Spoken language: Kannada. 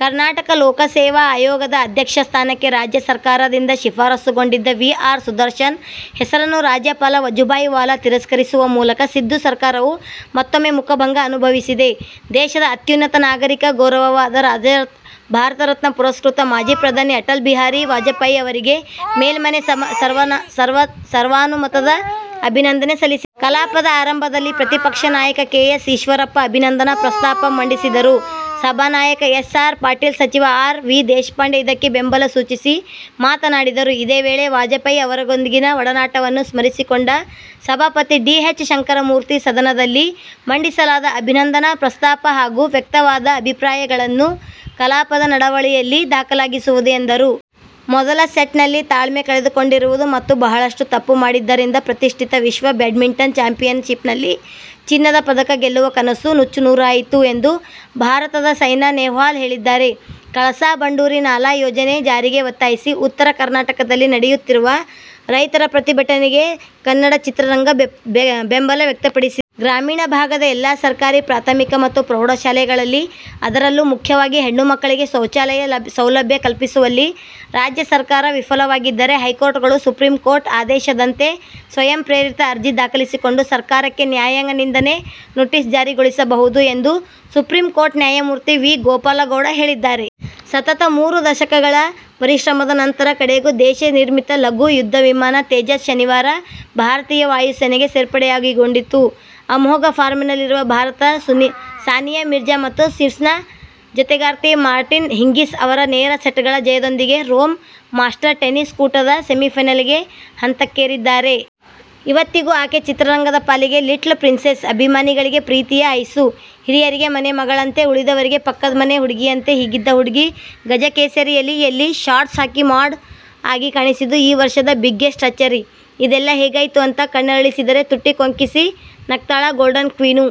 ಕರ್ನಾಟಕ ಲೋಕಸೇವಾ ಆಯೋಗದ ಅಧ್ಯಕ್ಷ ಸ್ಥಾನಕ್ಕೆ ರಾಜ್ಯ ಸರ್ಕಾರದಿಂದ ಶಿಫಾರಸ್ಸುಗೊಂಡಿದ್ದ ವಿ. ಆರ್ ಸುದರ್ಶನ್ ಹೆಸರನ್ನು ರಾಜ್ಯಪಾಲ ವಜುಭಾಯಿ ವಾಲಾ ತಿರಸ್ಕರಿಸುವ ಮೂಲಕ ಸಿದ್ದು ಸರ್ಕಾರವು ಮತ್ತೊಮ್ಮೆ ಮುಖಭಂಗ ಅನುಭವಿಸಿದೆ. ದೇಶದ ಅತ್ಯುನ್ನತ ನಾಗರಿಕ ಗೌರವವಾದ ಭಾರತರತ್ನ ಪುರಸ್ಕೃತ ಮಾಜಿ ಪ್ರಧಾನಿ ಅಟಲ್ ಬಿಹಾರಿ ವಾಜಪೇಯಿ ಅವರಿಗೆ ಮೇಲ್ಮನೆ ಸರ್ವಾನುಮತದ ಅಭಿನಂದನೆ ಸಲ್ಲಿಸಿತು. ಕಲಾಪದ ಆರಂಭದಲ್ಲಿ ಪ್ರತಿಪಕ್ಷ ನಾಯಕ ಕೆ. ಎಸ್. ಈಶ್ವರಪ್ಪ ಅಭಿನಂದನಾ ಪ್ರಸ್ತಾಪ ಮಂಡಿಸಿದರು. ಸಭಾನಾಯಕ ಎಸ್. ಆರ್. ಪಾಟೀಲ್, ಸಚಿವ ಆರ್. ವಿ. ದೇಶಪಾಂಡೆ ಇದಕ್ಕೆ ಬೆಂಬಲ ಸೂಚಿಸಿ ಮಾತನಾಡಿದರು. ಇದೇ ವೇಳೆ ವಾಜಪೇಯಿ ಅವರೊಂದಿಗಿನ ಒಡನಾಟವನ್ನು ಸ್ಮರಿಸಿಕೊಂಡ ಸಭಾಪತಿ ಡಿ. ಎಚ್. ಶಂಕರಮೂರ್ತಿ, ಸದನದಲ್ಲಿ ಮಂಡಿಸಲಾದ ಅಭಿನಂದನಾ ಪ್ರಸ್ತಾಪ ಹಾಗೂ ವ್ಯಕ್ತವಾದ ಅಭಿಪ್ರಾಯಗಳನ್ನು ಕಲಾಪದ ನಡಾವಳಿಯಲ್ಲಿ ದಾಖಲಿಸಲಾಗುವುದು ಎಂದರು. ಮೊದಲ ಸೆಟ್ನಲ್ಲಿ ತಾಳ್ಮೆ ಕಳೆದುಕೊಂಡಿರುವುದು ಮತ್ತು ಬಹಳಷ್ಟು ತಪ್ಪು ಮಾಡಿದ್ದರಿಂದ ಪ್ರತಿಷ್ಠಿತ ವಿಶ್ವ ಬ್ಯಾಡ್ಮಿಂಟನ್ ಚಾಂಪಿಯನ್ಶಿಪ್ನಲ್ಲಿ ಚಿನ್ನದ ಪದಕ ಗೆಲ್ಲುವ ಕನಸು ನುಚ್ಚುನೂರಾಯಿತು ಎಂದು ಭಾರತದ ಸೈನಾ ನೆಹ್ವಾಲ್ ಹೇಳಿದ್ದಾರೆ. ಕಳಸಾ-ಬಂಡೂರಿ ನಾಲಾ ಯೋಜನೆ ಜಾರಿಗೆ ಒತ್ತಾಯಿಸಿ ಉತ್ತರ ಕರ್ನಾಟಕದಲ್ಲಿ ನಡೆಯುತ್ತಿರುವ ರೈತರ ಪ್ರತಿಭಟನೆಗೆ ಕನ್ನಡ ಚಿತ್ರರಂಗ ಬೆಂಬಲ ವ್ಯಕ್ತಪಡಿಸಿದೆ. ಗ್ರಾಮೀಣ ಭಾಗದ ಎಲ್ಲಾ ಸರ್ಕಾರಿ ಪ್ರಾಥಮಿಕ ಮತ್ತು ಪ್ರೌಢ ಶಾಲೆಗಳಲ್ಲಿ, ಅದರಲ್ಲೂ ಮುಖ್ಯವಾಗಿ ಹೆಣ್ಣು ಮಕ್ಕಳಿಗೆ ಶೌಚಾಲಯ ಸೌಲಭ್ಯ ಕಲ್ಪಿಸುವಲ್ಲಿ ರಾಜ್ಯ ಸರ್ಕಾರ ವಿಫಲವಾಗಿದ್ದರೆ ಹೈಕೋರ್ಟ್ಗಳು ಸುಪ್ರೀಂ ಕೋರ್ಟ್ ಆದೇಶದಂತೆಸ್ವಯಂಪ್ರೇರಿತ ಅರ್ಜಿ ದಾಖಲಿಸಿಕೊಂಡು ಸರ್ಕಾರಕ್ಕೆ ನ್ಯಾಯಾಂಗ ನಿಂದನೆ ನೋಟಿಸ್ಜಾರಿಗೊಳಿಸಬಹುದು ಎಂದು ಸುಪ್ರೀಂಕೋರ್ಟ್ ನ್ಯಾಯಮೂರ್ತಿ ವಿ. ಗೋಪಾಲಗೌಡ ಹೇಳಿದ್ದಾರೆ. ಸತತ ಮೂರು ದಶಕಗಳ ಪರಿಶ್ರಮದ ನಂತರ ಕಡೆಗೂ ದೇಶೀ ನಿರ್ಮಿತ ಲಘು ಯುದ್ಧ ವಿಮಾನ "ತೇಜಸ್' ಶನಿವಾರ ಭಾರತೀಯ ವಾಯುಸೇನೆಗೆ ಸೇರ್ಪಡೆಗೊಂಡಿತು. ಅಮೋಘ ಫಾರ್ಮ್ನಲ್ಲಿರುವ ಭಾರತದ ಸಾನಿಯಾ ಮಿರ್ಜಾ ಮತ್ತು ಸ್ವಿಸ್ನ ಜತೆಗಾರ್ತಿ ಮಾರ್ಟಿನಾ ಹಿಂಗಿಸ್ ಅವರು ನೇರ ಸೆಟ್ಗಳ ಜಯದೊಂದಿಗೆ ರೋಮ್ ಮಾಸ್ಟರ್ ಟೆನಿಸ್ ಕೂಟದ ಸೆಮಿಫೈನಲ್ ಹಂತಕ್ಕೇರಿದ್ದಾರೆ. ಇವತ್ತಿಗೂ ಆಕೆ ಚಿತ್ರರಂಗದ ಪಾಲಿಗೆ ಲಿಟ್ಲ ಪ್ರಿನ್ಸೆಸ್. ಅಭಿಮಾನಿಗಳಿಗೆ ಪ್ರೀತಿಯ ಐಸೂ. ಹಿರಿಯರಿಗೆ ಮನೆ ಮಗಳಂತೆ. ಉಳಿದವರಿಗೆ ಪಕ್ಕದ್ಮನೆ ಹುಡ್ಗಿಯಂತೆ. ಹೀಗಿದ್ದ ಹುಡ್ಗಿ "ಗಜಕೇಸರಿ'ಯಲ್ಲಿ ಶಾರ್ಟ್ಸ್ ಹಾಕಿ ಮಾಡ್ ಆಗಿ ಕಾಣಿಸಿದ್ದು ಈ ವರ್ಷದ ಬಿಗ್ಗೆಸ್ಟ್ ಅಚ್ಚರಿ. ಇದೆಲ್ಲಾ ಹೇಗಾಯ್ತು ಅಂತ ಕಣ್ಣರಳಿಸಿದರೆ ತುಟಿ ಕೊಂಕಿಸಿ ನಕ್ಕಳಾ ಗೋಲ್ಡನ್ ಕ್ವೀನು.